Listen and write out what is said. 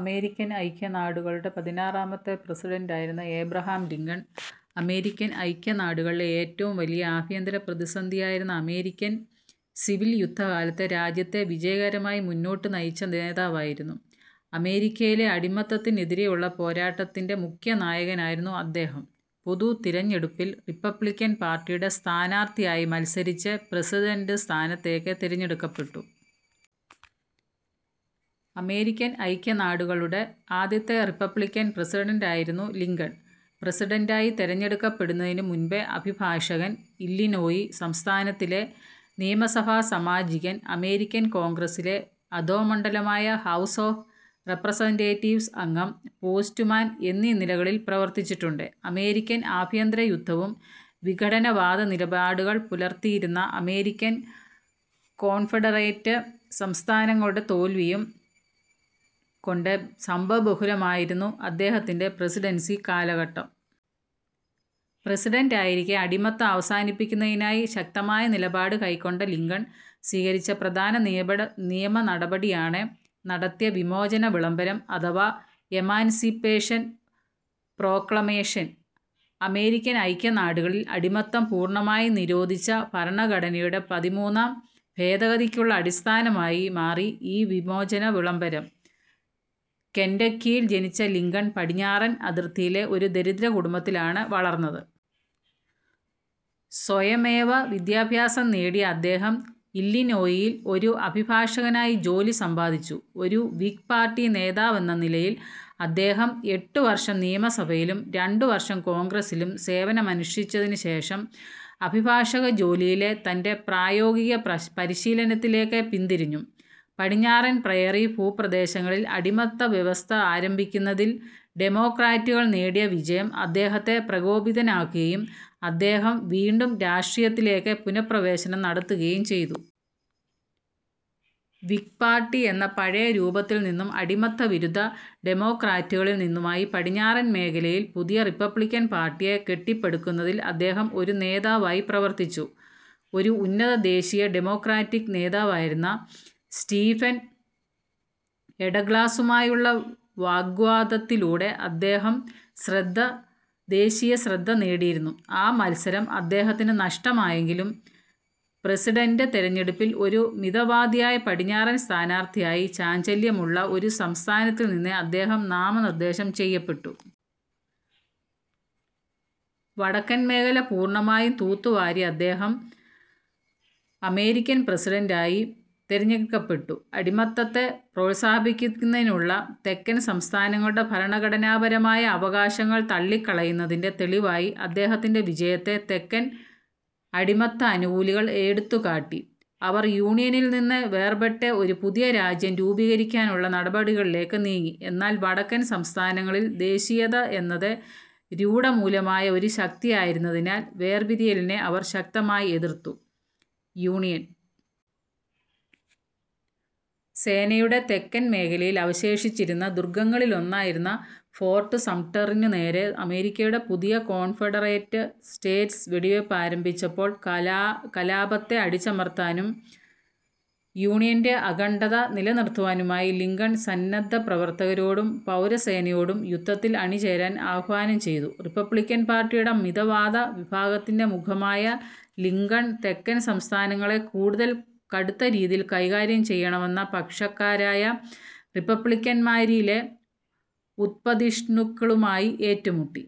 American ഐക്യനാടുകളുടെ പതിനാറാമത്തെ പ്രസിഡന്റായിരുന്ന എബ്രഹാം ലിങ്കൺ, അമേരിക്കൻ ഐക്യനാടുകളിലെ ഏറ്റവും വലിയ ആഭ്യന്തര പ്രതിസന്ധിയായിരുന്ന അമേരിക്കൻ സിവിൽ യുദ്ധകാലത്ത് രാജ്യത്തെ വിജയകരമായി മുന്നോട്ട് നയിച്ച നേതാവായിരുന്നു. അമേരിക്കയിലെ അടിമത്തത്തിനെതിരെയുള്ള പോരാട്ടത്തിൻ്റെ മുഖ്യനായകനായിരുന്നു അദ്ദേഹം. പൊതു തിരഞ്ഞെടുപ്പിൽ റിപ്പബ്ലിക്കൻ പാർട്ടിയുടെ സ്ഥാനാർഥിയായി മത്സരിച്ച് പ്രസിഡന്റ് സ്ഥാനത്തേക്ക് തിരഞ്ഞെടുക്കപ്പെട്ടു. അമേരിക്കൻ ഐക്യനാടുകളുടെ ആദ്യത്തെ റിപ്പബ്ലിക്കൻ പ്രസിഡന്റായിരുന്നു ലിങ്കൺ. പ്രസിഡന്റായി തിരഞ്ഞെടുക്കപ്പെടുന്നതിനു മുൻപ് അഭിഭാഷകൻ, ഇല്ലിനോയി സംസ്ഥാനത്തിലെ നിയമസഭാസാമാജികൻ, അമേരിക്കൻ കോൺഗ്രസ്സിലെ അധോമണ്ഡലമായ ഹൗസ് ഓഫ് റെപ്രസെന്റേറ്റീവ്സ് അംഗം, പോസ്റ്റ്മാൻ എന്നീ നിലകളിൽ പ്രവർത്തിച്ചിട്ടുണ്ട്. അമേരിക്കൻ ആഭ്യന്തര യുദ്ധവും വിഘടനവാദ നിലപാടുകൾ പുലർത്തിയിരുന്ന അമേരിക്കൻ കോൺഫെഡറേറ്റ് സംസ്ഥാനങ്ങളുടെ തോൽവിയും കൊണ്ട് സംഭവബഹുലമായിരുന്നു അദ്ദേഹത്തിൻ്റെ പ്രസിഡൻസി കാലഘട്ടം. പ്രസിഡന്റായിരിക്കെ അടിമത്തം അവസാനിപ്പിക്കുന്നതിനായി ശക്തമായ നിലപാട് കൈക്കൊണ്ട ലിങ്കൺ സ്വീകരിച്ച പ്രധാന നിയഫട നിയമനടപടിയാണ് ൽ നടത്തിയ വിമോചന വിളംബരം അഥവാ എമാൻസിപ്പേഷൻ പ്രോക്ലമേഷൻ. അമേരിക്കൻ ഐക്യനാടുകളിൽ അടിമത്തം പൂർണ്ണമായും നിരോധിച്ച ഭരണഘടനയുടെ പതിമൂന്നാം ഭേദഗതിക്കുള്ള അടിസ്ഥാനമായി മാറി ഈ വിമോചന വിളംബരം. കെന്റക്കിയിൽ ജനിച്ച ലിങ്കൺ പടിഞ്ഞാറൻ അതിർത്തിയിലെ ഒരു ദരിദ്ര കുടുംബത്തിലാണ് വളർന്നത്. സ്വയമേവ വിദ്യാഭ്യാസം നേടിയ അദ്ദേഹം ഇല്ലിനോയിയിൽ ഒരു അഭിഭാഷകനായി ജോലി സമ്പാദിച്ചു. ഒരു വിഗ് പാർട്ടി നേതാവെന്ന നിലയിൽ അദ്ദേഹം എട്ട് വർഷം നിയമസഭയിലും രണ്ടുവർഷം കോൺഗ്രസിലും സേവനമനുഷ്ഠിച്ചതിനുശേഷം അഭിഭാഷക ജോലിയിലെ തൻ്റെ പ്രായോഗിക പരിശീലനത്തിലേക്ക് പിന്തിരിഞ്ഞു. പടിഞ്ഞാറൻ പ്രയറി ഭൂപ്രദേശങ്ങളിൽ അടിമത്ത വ്യവസ്ഥ ആരംഭിക്കുന്നതിൽ ഡെമോക്രാറ്റുകൾ നേടിയ വിജയം അദ്ദേഹത്തെ പ്രകോപിതനാക്കുകയും അദ്ദേഹം വീണ്ടും രാഷ്ട്രീയത്തിലേക്ക് പുനഃപ്രവേശനം നടത്തുകയും ചെയ്തു. വിഗ് പാർട്ടി എന്ന പഴയ രൂപത്തിൽനിന്നും അടിമത്തവിരുദ്ധ ഡെമോക്രാറ്റുകളിൽനിന്നുമായി പടിഞ്ഞാറൻ മേഖലയിൽ പുതിയ റിപ്പബ്ലിക്കൻ പാർട്ടിയെ കെട്ടിപ്പടുക്കുന്നതിൽ അദ്ദേഹം ഒരു നേതാവായി പ്രവർത്തിച്ചു. ഒരു ഉന്നത ദേശീയ ഡെമോക്രാറ്റിക് നേതാവായിരുന്ന സ്റ്റീഫൻ എ ഡഗ്ലാസുമായുള്ള വാഗ്വാദത്തിലൂടെ അദ്ദേഹം ശ്രദ്ധ ദേശീയ ശ്രദ്ധ നേടിയിരുന്നു. ആ മത്സരം അദ്ദേഹത്തിനു നഷ്ടമായെങ്കിലും ലെ പ്രസിഡന്റ് തിരഞ്ഞെടുപ്പിൽ ഒരു മിതവാദിയായ പടിഞ്ഞാറൻ സ്ഥാനാർത്ഥിയായി ചാഞ്ചല്യമുള്ള ഒരു സംസ്ഥാനത്തിൽനിന്ന് അദ്ദേഹം നാമനിർദ്ദേശം ചെയ്യപ്പെട്ടു. വടക്കൻ മേഖല പൂർണ്ണമായും തൂത്തുവാരിയ അദ്ദേഹം ൽ അമേരിക്കൻ പ്രസിഡന്റായി തിരഞ്ഞെടുക്കപ്പെട്ടു. അടിമത്തത്തെ പ്രോത്സാഹിപ്പിക്കുന്നതിനുള്ള തെക്കൻ സംസ്ഥാനങ്ങളുടെ ഭരണഘടനാപരമായ അവകാശങ്ങൾ തള്ളിക്കളയുന്നതിൻ്റെ തെളിവായി അദ്ദേഹത്തിൻ്റെ വിജയത്തെ തെക്കൻ അടിമത്ത അനുകൂലികൾ എടുത്തുകാട്ടി. അവർ യൂണിയനിൽ നിന്ന് വേർപെട്ട് ഒരു പുതിയ രാജ്യം രൂപീകരിക്കാനുള്ള നടപടികളിലേക്ക് നീങ്ങി. എന്നാൽ വടക്കൻ സംസ്ഥാനങ്ങളിൽ ദേശീയത എന്നത് രൂഢമൂലമായ ഒരു ശക്തിയായിരുന്നതിനാൽ വേർപിരിയലിനെ അവർ ശക്തമായി എതിർത്തു. യൂണിയൻ സേനയുടെ തെക്കൻ മേഖലയിൽ അവശേഷിച്ചിരുന്ന ദുർഗങ്ങളിലൊന്നായിരുന്ന ഫോർട്ട് സംട്ടറിനുനേരെ അമേരിക്കയുടെ പുതിയ കോൺഫെഡറേറ്റ് സ്റ്റേറ്റ്സ് വെടിവയ്പ് ആരംഭിച്ചപ്പോൾ കലാപത്തെ അടിച്ചമർത്താനും യൂണിയൻ്റെ അഖണ്ഡത നിലനിർത്തുവാനുമായി ലിങ്കൺ സന്നദ്ധപ്രവർത്തകരോടും പൗരസേനയോടും യുദ്ധത്തിൽ അണിചേരാൻ ആഹ്വാനം ചെയ്തു. റിപ്പബ്ലിക്കൻ പാർട്ടിയുടെ മിതവാദ വിഭാഗത്തിൻ്റെ മുഖമായ ലിങ്കൺ, തെക്കൻ സംസ്ഥാനങ്ങളെ കൂടുതൽ കടുത്ത രീതിയിൽ കൈകാര്യം ചെയ്യണമെന്ന പക്ഷക്കാരായ റിപ്പബ്ലിക്കൻമാരിലെ ഉത്പതിഷ്ണുക്കളുമായി ഏറ്റുമുട്ടി.